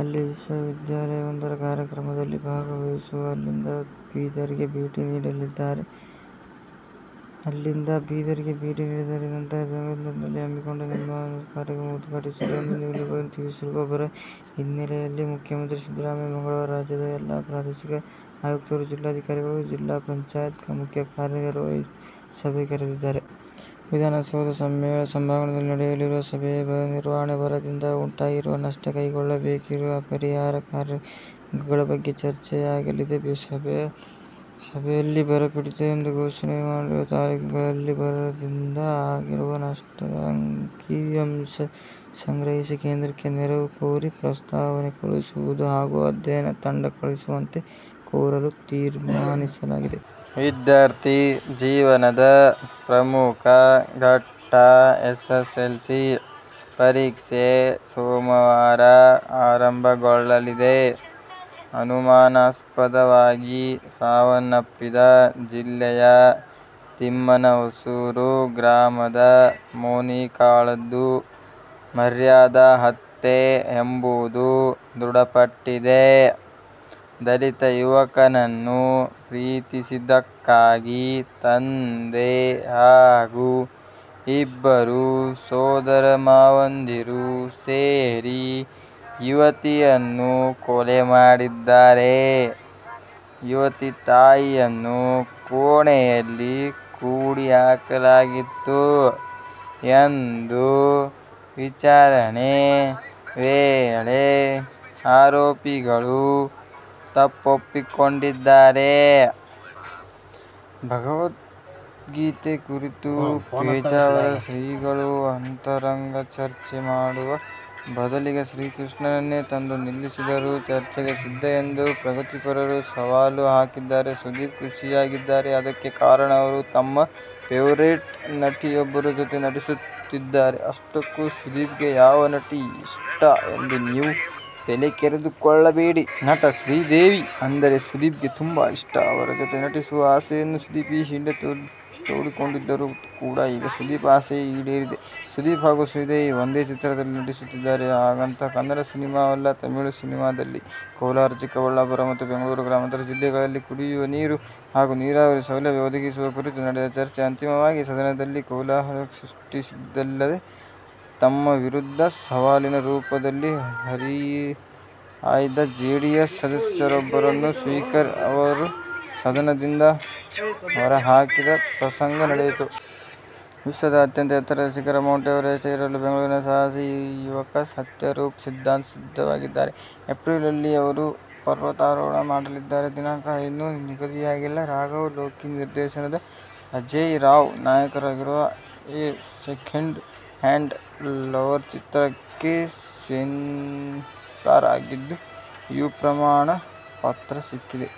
ಅಲ್ಲಿ ವಿಶ್ವವಿದ್ಯಾಲಯವೊಂದರ ಕಾರ್ಯಕ್ರಮದಲ್ಲಿ ಭಾಗವಹಿಸುವರು. ಅಲ್ಲಿಂದ ಬೀದರ್ಗೆ ಭೇಟಿ ನೀಡಲಿದ್ದಾರೆ. ನಂತರ ಬೆಂಗಳೂರಿನಲ್ಲಿ ಹಮ್ಮಿಕೊಂಡ ನಿಮ್ಹಾನ್ಸ್ ಕಾರ್ಯಕ್ರಮ ಉದ್ಘಾಟಿಸಲಿದ್ದಾರೆ ಎಂದು ಮೂಲಗಳು ತಿಳಿಸಿವೆ. ಬರ ಹಿನ್ನೆಲೆಯಲ್ಲಿ ಮುಖ್ಯಮಂತ್ರಿ ಸಿದ್ದರಾಮಯ್ಯ ಮಂಗಳವಾರ ರಾಜ್ಯದ ಎಲ್ಲ ಪ್ರಾದೇಶಿಕ ಆಯುಕ್ತರು, ಜಿಲ್ಲಾಧಿಕಾರಿಗಳು, ಜಿಲ್ಲಾ ಪಂಚಾಯತ್ ಮುಖ್ಯ ಕಾರ್ಯ ನಿರ್ವಹಣಾಧಿಕಾರಿಗಳ ಸಭೆ ಕರೆದಿದ್ದಾರೆ. ವಿಧಾನಸೌಧ ಸಮ್ಮೇಳನ ಸಭಾಂಗಣದಲ್ಲಿ ನಡೆಯಲಿರುವ ಸಭೆಯಲ್ಲಿ ಬರ ನಿರ್ವಹಣೆ, ಬರದಿಂದ ಉಂಟಾಗಿರುವ ನಷ್ಟ, ಕೈಗೊಳ್ಳಬೇಕಿರುವ ಪರಿಹಾರ ಕಾರ್ಯಗಳ ಬಗ್ಗೆ ಚರ್ಚೆಯಾಗಲಿದೆ. ಸಭೆಯಲ್ಲಿ ಬರಪೀಡಿತ ಎಂದು ಘೋಷಣೆ ಮಾಡಿರುವ ತಾಲೂಕುಗಳಲ್ಲಿ ಬರದಿಂದ ಆಗಿರುವ ನಷ್ಟದ ಅಂಕಿ-ಅಂಶ ಸಂಗ್ರಹಿಸಿ ಕೇಂದ್ರಕ್ಕೆ ನೆರವು ಕೋರಿ ಪ್ರಸ್ತಾವನೆ ಕಳುಹಿಸುವುದು ಹಾಗೂ ಅಧ್ಯಯನ ತಂಡ ಕಳುಹಿಸವಂತೆ ಕೋರಲು ತೀರ್ಮಾನಿಸಲಾಗಿದೆ. ವಿದ್ಯಾರ್ಥಿ ಜೀವನದ ಪ್ರಮುಖ ಘಟ್ಟ ಎಸ್ಎಸ್ಎಲ್ಸಿ ಪರೀಕ್ಷೆ ಸೋಮವಾರ ಆರಂಭಗೊಳ್ಳಲಿದೆ. ಅನುಮಾನಾಸ್ಪದವಾಗಿ ಸಾವನ್ನಪ್ಪಿದ್ದ ಜಿಲ್ಲೆಯ ತಿಮ್ಮನಹೊಸೂರು ಗ್ರಾಮದ ಮೋನಿಕಾಳದ್ದು ಮರ್ಯಾದಾ ಹತ್ಯೆ ಎಂಬುದು ದೃಢಪಟ್ಟಿದೆ. ದಲಿತ ಯುವಕನನ್ನು ಪ್ರೀತಿಸಿದ್ದಕ್ಕಾಗಿ ತಂದೆ ಹಾಗೂ ಇಬ್ಬರು ಸೋದರ ಮಾವಂದಿರು ಸೇರಿ ಯುವತಿಯನ್ನು ಕೊಲೆ ಮಾಡಿದ್ದಾರೆ. ಯುವತಿಯ ತಾಯಿಯನ್ನು ಕೋಣೆಯಲ್ಲಿ ಕೂಡಿ ಹಾಕಲಾಗಿತ್ತು ಎಂದು ವಿಚಾರಣೆ ವೇಳೆ ಆರೋಪಿಗಳು ತಪ್ಪೊಪ್ಪಿಕೊಂಡಿದ್ದಾರೆ. ಭಗವದ್ಗೀತೆ ಕುರಿತು ಪೇಜಾವರ ಶ್ರೀಗಳು ಅಂತರಂಗ ಚರ್ಚೆ ಮಾಡುವ ಬದಲಿಗೆ ಶ್ರೀಕೃಷ್ಣನನ್ನೇ ತಂದು ನಿಲ್ಲಿಸಿದರೂ ಚರ್ಚೆಗೆ ಸಿದ್ಧ ಎಂದು ಪ್ರಗತಿಪರರು ಸವಾಲು ಹಾಕಿದ್ದಾರೆ. ಸುದೀಪ್ ಖುಷಿಯಾಗಿದ್ದಾರೆ. ಅದಕ್ಕೆ ಕಾರಣ ಅವರು ತಮ್ಮ ಫೆವರೇಟ್ ನಟಿಯೊಬ್ಬರ ಜೊತೆ ನಟಿಸುತ್ತಿದ್ದಾರೆ. ಆಷ್ಟಕ್ಕೂ ಸುದೀಪ್ಗೆ ಯಾವ ನಟಿ ಇಷ್ಟ ಎಂದು ನೀವು ತಲೆಕೆರೆದುಕೊಳ್ಳಬೇಡಿ. ನಟಿ ಶ್ರೀದೇವಿ ಅಂದರೆ ಸುದೀಪ್ಗೆ ತುಂಬಾ ಇಷ್ಟ. ಅವರ ಜೊತೆ ನಟಿಸುವ ಆಸೆಯನ್ನು ಸುದೀಪ್ ಈ ಹಿಂದೆ ತೋಡಿಕೊಂಡಿದ್ದರು ಕೂಡಾ. ಈಗ ಸುದೀಪ್ ಆಸೆ ಈಡೇರಿದೆ. ಸುದೀಪ್ ಹಾಗೂ ಶ್ರೀದೇವಿ ಒಂದೇ ಚಿತ್ರದಲ್ಲಿ ನಟಿಸುತ್ತಿದ್ದಾರೆ. ಹಾಗಂತ ಕನ್ನಡ ಸಿನಿಮಾವಲ್ಲ. ತಮಿಳು ಸಿನಿಮಾದಲ್ಲಿ. ಕೋಲಾರ-ಚಿಕ್ಕಬಳ್ಳಾಪುರ ಮತ್ತು ಬೆಂಗಳೂರು ಗ್ರಾಮಾಂತರ ಜಿಲ್ಲೆಗಳಿಗೆ ಕುಡಿಯುವ ನೀರು ಹಾಗೂ ನೀರಾವರಿ ಸೌಲಭ್ಯ ಒದಗಿಸುವ ಕುರಿತು ನಡೆದ ಚರ್ಚೆ ಅಂತಿಮವಾಗಿ ಸದನದಲ್ಲಿ ಕೋಲಾಹಲ ಸೃಷ್ಟಿಸಿದ್ದಲ್ಲದೆ, ತಮ್ಮ ವಿರುದ್ಧ ಸವಾಲಿನ ರೂಪದಲ್ಲಿ ಹರಿಹಾಯ್ದ ಜೆಡಿಎಸ್ ಸದಸ್ಯರೊಬ್ಬರನ್ನು ಸ್ಪೀಕರ್ ಅವರು ಸದನದಿಂದ ಹೊರಹಾಕಿದ ಪ್ರಸಂಗ ನಡೆಯಿತು. ವಿಶ್ವದ ಅಂತ್ಯಂತ ಎತ್ತರದ ಶಿಖರ ಮೌಂಟ್ ಎವರೆಸ್ಟ್ ಏರಲು ಬೆಂಗಳೂರಿನ ಸಾಹಸಿ ಯುವಕ ಸತ್ಯರೂಪ್ ಸಿದ್ಧಾಂತ ಸಿದ್ಧವಾಗಿದ್ದಾರೆ. ಏಪ್ರಿಲ್ನಲ್ಲಿ ಅವರು ಪರ್ವತಾರೋಹಣ ಮಾಡಲಿದ್ದಾರೆ. ದಿನಾಂಕ ಇನ್ನೂ ನಿಗದಿಯಾಗಿಲ್ಲ. ರಾಘವ್ ಲೋಕಿ ನಿರ್ದೇಶನದ ಅಜೇಯ್ ರಾವ್ ನಾಯಕರಾಗಿರುವ "ಎ ಸೆಕೆಂಡ್ ಹ್ಯಾಂಡ್ ಲವರ್' ಚಿತ್ರಕ್ಕೆ ಸೆನ್ಸಾರ್ ಆಗಿದ್ದು, "ಯು' ಪ್ರಮಾಣ ಪತ್ರ ಸಿಕ್ಕಿದೆ.